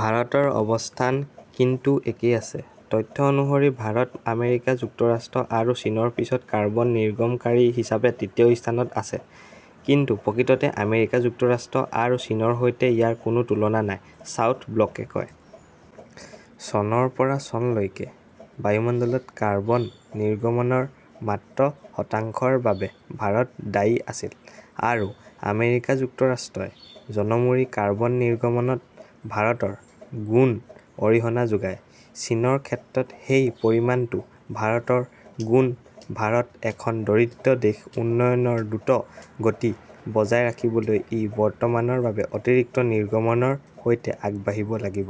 ভাৰতৰ অৱস্থান কিন্তু একেই আছে। তথ্য অনুসৰি ভাৰত আমেৰিকা যুক্তৰাষ্ট্ৰ আৰু চীনৰ পিছত কাৰ্বন নিৰ্গমনকাৰী হিচাপে তৃতীয় স্থানত আছে, কিন্তু প্ৰকৃততে আমেৰিকা যুক্তৰাষ্ট্ৰ আৰু চীনৰ সৈতে ইয়াৰ কোনো তুলনা নাই, চাউথ ব্লকে কয়। চনৰ পৰা চনলৈকে বায়ুমণ্ডলত কাৰ্বন নিৰ্গমনৰ মাত্ৰ শতাংশৰ বাবে ভাৰত দায়ী আছিল। আৰু, আমেৰিকা যুক্তৰাষ্ট্ৰই জনমূৰি কাৰ্বন নিৰ্গমনত ভাৰতৰ গুণ অৰিহণা যোগায়। চীনৰ ক্ষেত্ৰত সেই পৰিমাণটো ভাৰতৰ গুণ। ভাৰত এখন দৰিদ্ৰ দেশ, উন্নয়নৰ দ্ৰুত গতি বজাই ৰাখিবলৈ ই বৰ্তমানৰ বাবে অতিৰিক্ত নিৰ্গমনৰ সৈতে আগবাঢ়িব লাগিব।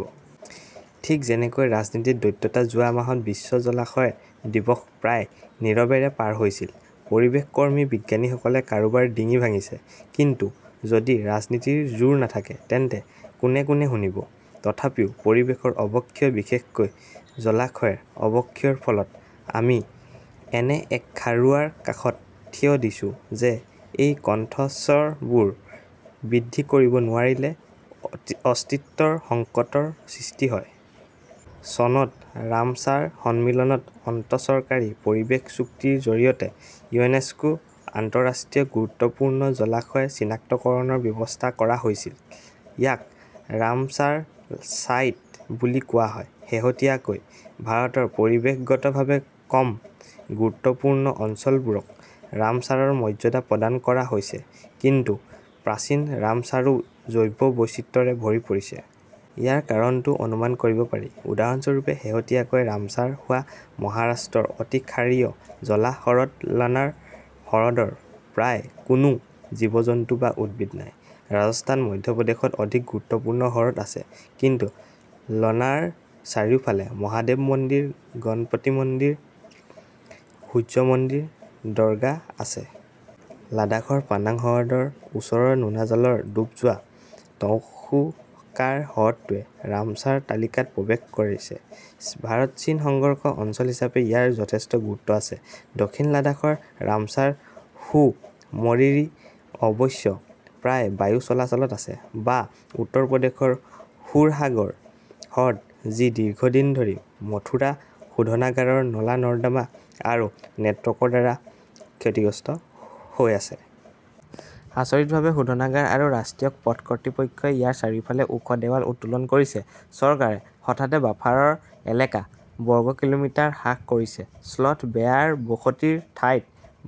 ঠিক যেনেকৈ ৰাজনীতিৰ দ্বৈততা, যোৱা মাহত বিশ্ব জলাশয় দিৱস প্ৰায় নীৰৱেৰে পাৰ হৈছিল। পৰিৱেশ কৰ্মী, বিজ্ঞানীসকলে কাৰোবাৰ ডিঙি ভাঙিছে, কিন্তু যদি ৰাজনীতিৰ জোৰ নাথাকে তেন্তে কোনে - কোনে শুনিব। তথাপিও পৰিৱেশৰ অৱক্ষয়, বিশেষকৈ জলাশয়ৰ অৱক্ষয়ৰ ফলত আমি এনে এক খাৰুৱাৰ কাষত থিয় দিছো যে এই কণ্ঠস্বৰবোৰ বৃদ্ধি কৰিব নোৱাৰিলে অস্তিত্বৰ সংকটৰ সৃষ্টি হয়। চনত ৰামছাৰ সন্মিলনত আন্তঃচৰকাৰী পৰিৱেশ চুক্তিৰ জৰিয়তে ইউনেস্কো, আন্তঃৰাষ্ট্ৰীয় গুৰুত্বপূৰ্ণ জলাশয় চিনাক্তকৰণৰ ব্যৱস্থা কৰা হৈছিল। ইয়াক ৰামছাৰ ছাইট বুলি কোৱা হয়। শেহতীয়াকৈ ভাৰতৰ পৰিৱেশগতভাৱে কম গুৰুত্বপূৰ্ণ অঞ্চলবোৰক ৰামচাৰৰ মৰ্যাদা প্ৰদান কৰা হৈছে, কিন্তু প্ৰাচীন ৰামচাৰো জৈৱ বৈচিত্ৰ্যৰে ভৰি পৰিছে। ইয়াৰ কাৰণটোও অনুমান কৰিব পাৰি। উদাহৰণস্বৰূপে, শেহতীয়াকৈ ৰামছাৰ হোৱা মহাৰাষ্ট্ৰৰ অতিক্ষাৰীয় জলাহ হ্ৰদ লনাৰ হ্ৰদৰ প্ৰায় কোনো জীৱ-জন্তু বা উদ্ভিদ নাই, ৰাজস্থান, মধ্যপ্ৰদেশত অধিক গুৰুত্বপূৰ্ণ হ্ৰদ আছে, কিন্তু লনাৰৰ চাৰিওফালে মহাদেৱ মন্দিৰ, গণপতি মন্দিৰ, সূৰ্য মন্দিৰ, দৰ্গা আছে। লাডাখৰ পানাঙ হ্ৰদৰ ওচৰৰ নোনাজলৰ ডুব যোৱা তসো-কাৰ হ্ৰদটোৱে ৰামছাৰ তালিকাত প্ৰৱেশ কৰিছে। ভাৰত-চীন সংঘৰ্ষ অঞ্চল হিচাপে ইয়াৰ যথেষ্ট গুৰুত্ব আছে। দক্ষিণ লাডাখৰ ৰামছাৰ সো মৰিৰি অৱশ্যে প্ৰায় বায়ু চলাচলত আছে। বা, উত্তৰ প্ৰদেশৰ সুৰসাগৰ হ্ৰদ, যি দীৰ্ঘদিন ধৰি মথুৰা শোধনাগাৰৰ নলা-নৰ্দমা আৰু নেটৱৰ্কৰ দ্বাৰা ক্ষতিগ্ৰস্ত হৈ আছে। আচৰিতভাৱে, শোধনাগাৰ আৰু ৰাষ্ট্ৰীয় পথ কৰ্তৃপক্ষই ইয়াৰ চাৰিওফালে ওখ দেৱাল উত্তোলন কৰিছে। চৰকাৰে হঠাতে বাফাৰৰ এলেকা বৰ্গ কিলোমিটাৰ হ্ৰাস কৰিছে, স্লথ-বেয়াৰ বসতিৰ ঠাইত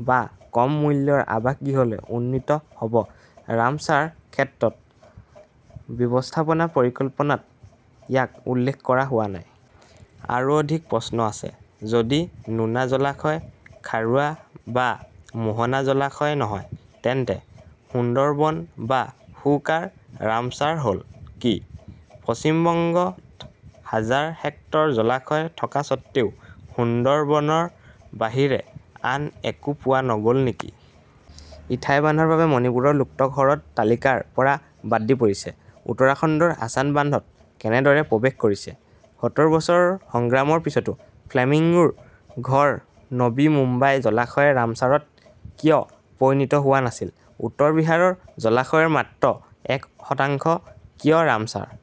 বা কম মূল্যৰ আৱাসগৃহলৈ উন্নীত হ 'ব। ৰামছাৰ ক্ষেত্ৰ ব্যৱস্থাপনা পৰিকল্পনাত ইয়াক উল্লেখ কৰা হোৱা নাই। আৰু অধিক প্ৰশ্ন আছে, যদি নোনা জলাশয়, খাৰুৱা বা মোহনা জলাশয় নহয়, তেন্তে সুন্দৰবন বা সো-কাৰ ৰামছাৰ হল কি? পশ্চিম বংগত হাজাৰ হেক্টৰ জলাশয় থকা স্বত্বেও সুন্দৰবনৰ বাহিৰে আন একো পোৱা নগ'ল নেকি? ইথাই বান্ধৰ বাবে মণিপুৰৰ লোকটক হ্ৰদ তালিকাৰ পৰা বাদ পৰিছে, উত্তৰাখণ্ডৰ আছান বান্ধত কেনেদৰে প্ৰৱেশ কৰিছে? সতৰ বছৰৰ সংগ্ৰামৰ পিছতো ফ্লেমিঙ্গোৰ ঘৰ নবী মুম্বাই জলাশয় ৰামছাৰত কিয় পৰিণত হোৱা নাছিল। উত্তৰ বিহাৰৰ জলাশয়ৰ মাত্ৰ এক শতাংশ কিয় ৰামছাৰ?